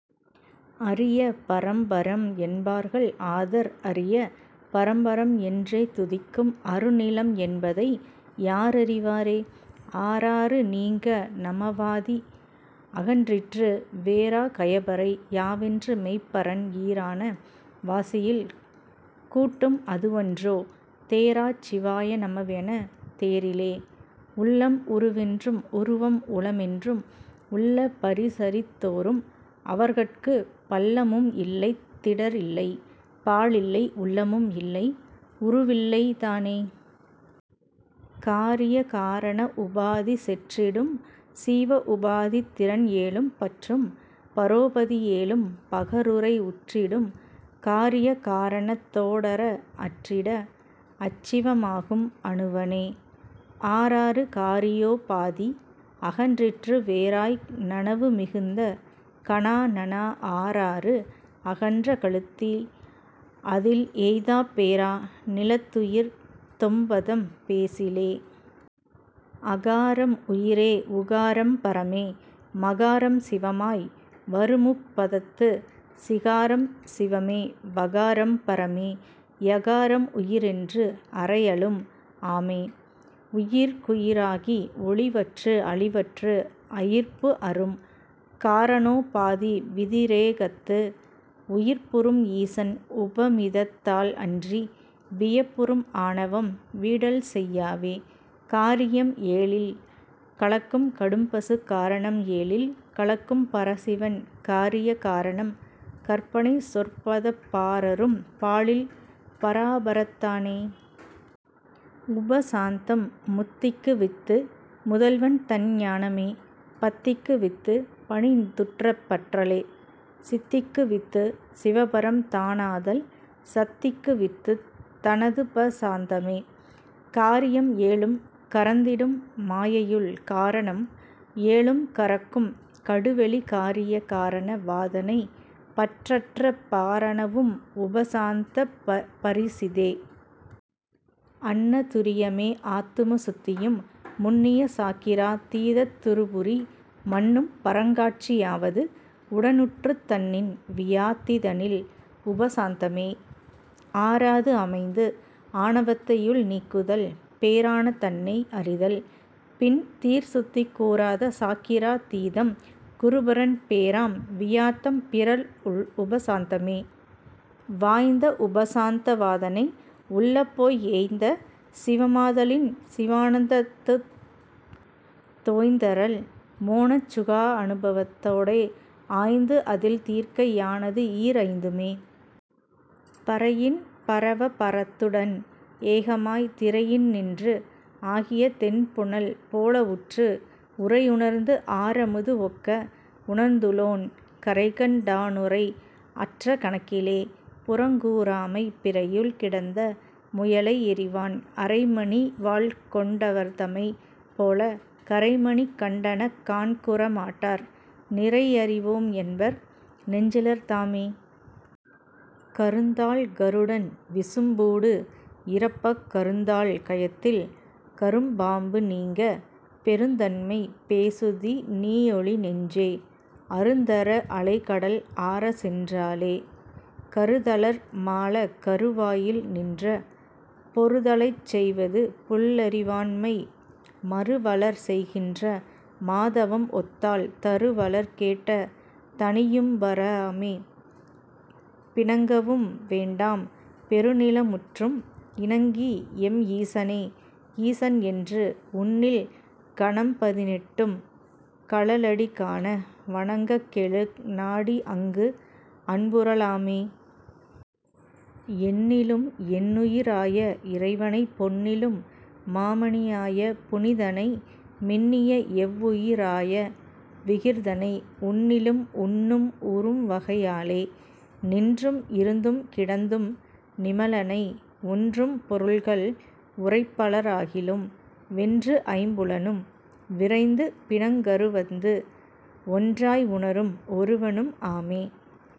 அரிய பரம்பரம் என்பர்கள் ஆதர் அரிய பரம்பரம் என்றே துதிக்கும் அருநிலம் என்பதை யார்அறி வாரே. ஆறாறு நீங்க நமவாதி அகன்றிட்டு வேறா கயபரை யாவென்று மெய்ப்பரன் ஈறான வாசியில் கூட்டும் அதுவன்றோ தேறாச் சிவாய நமவெனத் தேறிலே. உள்ளம் உருவென்றும் உருவம் உளமென்றும் உள்ள பரிசறித் தோரும் அவர்கட்குப் பள்ளமும் இல்லைத் திடர்இல்லை பாழ்இல்லை உள்ளமும் இல்லை உருவில்லை தானே.. காரிய காரண உபாதி செற்றிடும் சீவ உபாதித் திறன்ஏழும் பற்றும் பரோபதி ஏழும் பகருரை உற்றிடும் காரிய காரணத் தோடற அற்றிட அச்சிவ மாகும் அணுவனே. ஆறாறு காரியோ பாதி அகன்றிட்டு வேறாய் நனவு மிகுந்த கனாநனா ஆறாறு அகன்ற கழுத்தி அதில் எய்தாப் பேறா நிலத்துயிர் தொம்பதம் பேசிலே. அகாரம் உயிரே உகாரம் பரமே மகாரம் சிவமாய் வருமுப் பதத்துச் சிகாரம் சிவமே வகாரம் பரமே யகாரம் உயிரென்று அறையலும் ஆமே. உயிர்க்குயி ராகி ஒழிவற்று அழிவற்று அயிர்ப்புஅறும் காரணோ பாதி விதிரேகத்து உயிர்ப்புறும் ஈசன் உபமிதத் தால்அன்றி வியர்ப்புறும் ஆணவம் வீடல்செய் யாவே. காரியம் ஏழில் கலக்கும் கடும்பசு காரணம் ஏழில் கலக்கும் பரசிவன் காரிய காரணம் கற்பனை சொற்பதப் பாரறும் பாழில் பராபரத் தானே.. உபசாந்தம் முத்திக்கு வித்து முதல்வன்தன் ஞானமே பத்திக்கு வித்துப் பணிந்துற்றப் பற்றலே சித்திக்கு வித்துச் சிவபரம் தானாதல் சத்திக்கு வித்துத் தனதுப சாந்தமே. காரியம் ஏழும் கரந்திடும் மாயையுள் காரணம் ஏழும் கரக்கும் கடுவெளி காரிய காரண வாதனைப் பற்றற்றப் பாரண வும் உப சாந்தப் பரிசிதே. அன்ன துரியமே ஆத்தும சுத்தியும் முன்னிய சாக்கிரா தீதத் துறுபுரி மன்னும் பரங்காட்சி யாவது உடனுற்றுத் தன்னின் வியாத்தி தனில்உப சாந்தமே. ஆறாதுஅமைந்துஆண வத்தையுள் நீக்குதல் பேறான தன்னை அறிதல் பின் தீர்சுத்தி கூறாத சாக்கிரா தீதம் குருபரன் பேறாம் வியாத்தம் பிறழ்உப சாந்தமே. வாய்ந்த உபசாந்த வாதனை உள்ளப் போய் ஏய்ந்த சிவமாத லின்சிவா னந்தத்துத் தோய்ந்தறல் மோனச் சுகானுபவத் தோடே ஆய்ந்துஅதில் தீர்க்கை யானதுஈர் ஐந்துமே. பரையின் பரவ பரத்துடன் ஏகமாய்த் திரையின்நின்று ஆகிய தெண்புனல் போலவுற்று உரையுணர்ந்து ஆரமுது ஒக்க உணர்ந்துளோன் கரைகண் டானுரை அற்ற கணக்கிலே.. புறங்கூறாமை பிறையுள் கிடந்த முயலை எறிவான் அறைமணி வாள்கொண் டவர்தமைப் போலக் கறைமணி கண்டனக் காண்குற மாட்டார் நிறையறி வோம்என்பர் நெஞ்சிலர் தாமே. கருந்தாள் கருடன் விசும்பூடு இறப்பக் கருந்தாள் கயத்தில் கரும்பாம்பு நீங்க பெருந்தன்மை பேசுதி நீஒழி நெஞ்சே அருந்தர அலைகடல் ஆறசென் றாலே. கருதலர் மாளக் கருவாயில் நின்ற பொருதலைச் செய்வது புல்லறி வாண்மை மருவலர் செய்கின்ற மாதவம் ஒத்தால் தருவலர் கேட்ட தனியும்ப ராமே. பிணங்கவும் வேண்டாம் பெருநில முற்றும் இணங்கிஎம் ஈசனே ஈசன்என்று உன்னில் கணம்பதி னெட்டும் கழலடி காண வணங்ககெழு நாடி அங்கு அன்புற லாமே. என்னிலும் என்னுயி ராய இறைவனைப் பொன்னிலும் மாமணி யாய புனிதனை மின்னிய எவ்வுயி ராய விகிர் தனை உன்னிலும் உன்னும் உறும்வகை யாலே. நின்றும் இருந்தும் கிடந்தும் நிமலனை ஒன்றும் பொருள்கள் உரைப்பல ராகிலும் வென்றுஐம் புலனும் விரைந்து பிணக்கறுவந்து ஒன்றாய் உணரும் ஒருவனும் ஆமே.